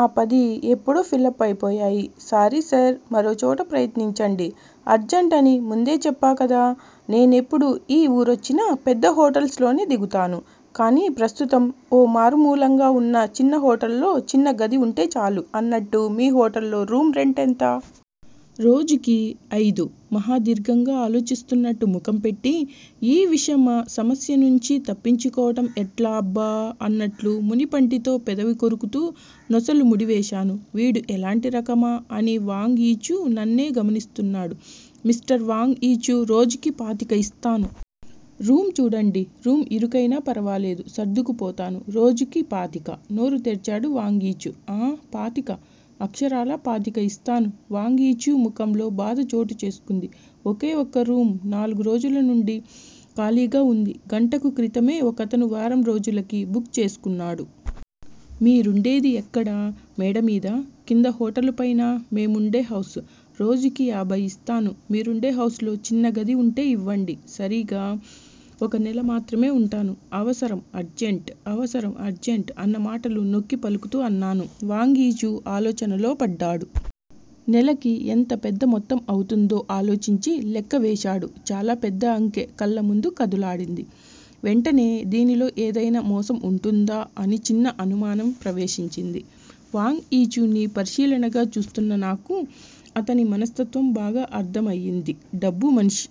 ఆ పది ఎప్పుడో ఫిలప్ అయిపోయాయి, సారీసర్. మరోచోట ప్రయత్నించండి. అర్జంట్ అని ముందే చెప్పాకదా! నేనెప్పుడు ఈ వూరొచ్చినా పెద్ద హోటల్స్ లోనే దిగుతాను. కాని ప్రస్తుతం ఓ మారుమూలగా ఉన్న చిన్న హోటల్లో చిన్న గది ఉంటే చాలు. అన్నట్లు మీ హోటల్లో రూమ్ రెంట్ ఎంత? రోజుకి అయిదు. ఆహా దీర్ఘంగా ఆలోచిస్తున్నట్టు ముఖం పెట్టి, ఈ విషమ సమస్యనుంచి తప్పించుకోవటం ఎట్లా అబ్బా! అన్నట్లు మునిపంటితో పెదవి కొరుకుతూ నొసలు ముడివేశాను. వీడు ఎలాంటి రకమా? అని వాంగ్ యీచూ నన్నే గమనిస్తున్నాడు. మిష్టర్ వాంగ్ యీచూ! రోజుకి పాతిక ఇస్తాను. రూమ్ చూడండి. రూమ్ ఇరుకయినా ఫరవాలేదు సర్దుకుపోతాను. రోజుకి పాతికా? నోరు తెరిచాడు వాంగ్ యీచూ. ఆఁ. పాతిక, అక్షరాలా పాతిక ఇస్తాను. వాంగ్ యీచూ ముఖంలో బాధ చోటు చేసుకుంది. ఒకే ఒక్క రూమ్ నాలుగు రోజులనుండీ ఖాళీగా వుంది? గంటకు క్రితమే ఒకతను వారం రోజులకు బుక్ చేసుకున్నాడు. మీరుండేది ఎక్కడ? మేడ మీద. కింద హోటలు పైన మేముండే హౌస్. రోజుకి యాభై ఇస్తాను. మీరుండే హౌస్ లో చిన్నగది వుంటే ఇవ్వండి. సరీగా ఒక నెల మాత్రమే ఉంటాను. అవసరం, అర్జంట్ అవసరం, అర్జంట్ అన్న మాటలు నొక్కి పలుకుతూ అన్నాను. వాంగ్ యీచూ ఆలోచనలో పడ్డాడు. నెలకి ఎంత పెద్ద మొత్తం అవుతుందో ఆలోచించి లెక్క వేశాడు. చాలా పెద్ద అంకె కళ్ళముందు కదులాడింది. వెంటనే దీనిలో ఏదయినా మోసం ఉంటుందా అని చిన్న అనుమానం ప్రవేశించింది. వాంగ్ యీచూని పరిశీలనగా చూస్తున్న నాకు అతని మనస్తత్వం బాగా అర్ధం అయింది. డబ్బు మనిషి.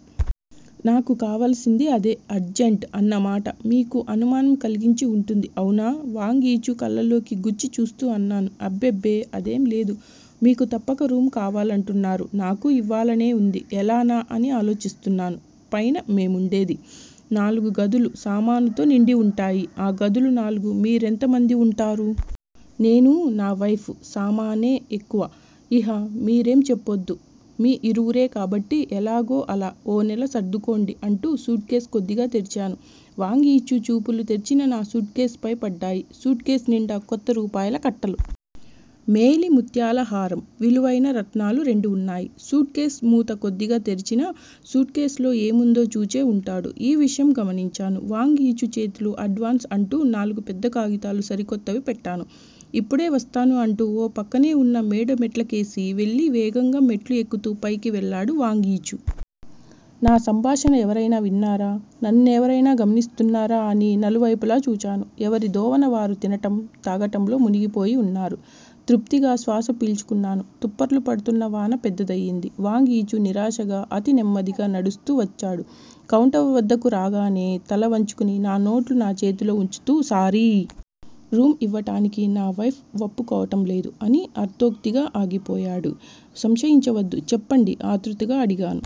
నాకు కావలసింది అదే. అర్జంట్, అన్నమాట మీకు అనుమానం కలిగించి ఉంటుంది. అవునా? వాంగ్ యీచూ కళ్ళల్లోకి గుచ్చి చూస్తూ అన్నాను. అబ్బెబ్బె! అదేం లేదు. మీకు తప్పక రూమ్ కావాలంటున్నారు. నాకూ ఇవ్వాలనే ఉంది. ఎలానా, అని ఆలోచిస్తున్నాను. పైన మేముండేది నాలుగు గదులు సామానుతో నిండివుంటాయి ఆ గదులు నాలుగు మీరెంత మంది ఉంటారు? నేనూ, నా వైఫ్. సామానే ఎక్కువ! ఇహ మీరేం చెప్పొద్దు. మీఇరువురే కాబట్టి ఎలాగో అలా ఓ నెల సర్దుకోండి అంటూ సూట్ కేస్ కొద్దిగా తెరిచాను. వాంగ్ యీచూ చూపులు తెరిచిన నా సూట్ కేస్ పై పడ్డాయి. సూట్ కేస్ నిండా కొత్తరూపాయల కట్టలు. మేలి ముత్యాలహారం. విలువయిన రత్నాలు రెండు ఉన్నాయి. సూట్ కేస్ మూత కొద్దిగా తెరిచినా సూట్ కేస్ లో ఏముందో చూచే ఉంటాడు. ఈ విషయం గమనించాను. వాంగ్ యీచూ చేతిలో ఎడ్వాన్స్ అంటూ నాలుగు పెద్ద కాగితాలు సరికొత్తవి పెట్టాను. ఇప్పుడే వస్తాను అంటూ ఓ పక్కనే ఉన్న మేడమెట్లకేసి వెళ్ళి వేగంగా మెట్లు ఎక్కుతూ పైకి వెళ్ళాడు వాంగ్ యీచూ. నా సంభాషణ ఎవరైనా విన్నారా? నన్నెవరయినా గమనిస్తున్నారా? అని నలువైపులా చూచాను. ఎవరి దోవన వారు తినటం, తాగటంలో మునిగిపోయి ఉన్నారు. తృప్తిగా శ్వాస పీల్చుకున్నాను. తుప్పర్లు పడుతున్న వాన పెద్దదయింది. వాంగ్ యీచూ నిరాశగా అతి నెమ్మదిగా నడుస్తూ వచ్చాడు. కౌంటర్ వద్దకు రాగానే తల వంచుకుని నా నోట్లు నా చేతిలో ఉంచుతూ, సారీ! రూమ్ ఇవ్వటానికి నా వైఫ్ వప్పుకోవటం లేదు. కాని అర్ధోక్తిగా ఆగిపోయాడు. సంశయించవద్దు. చెప్పండి ఆతృతగా అడిగాను.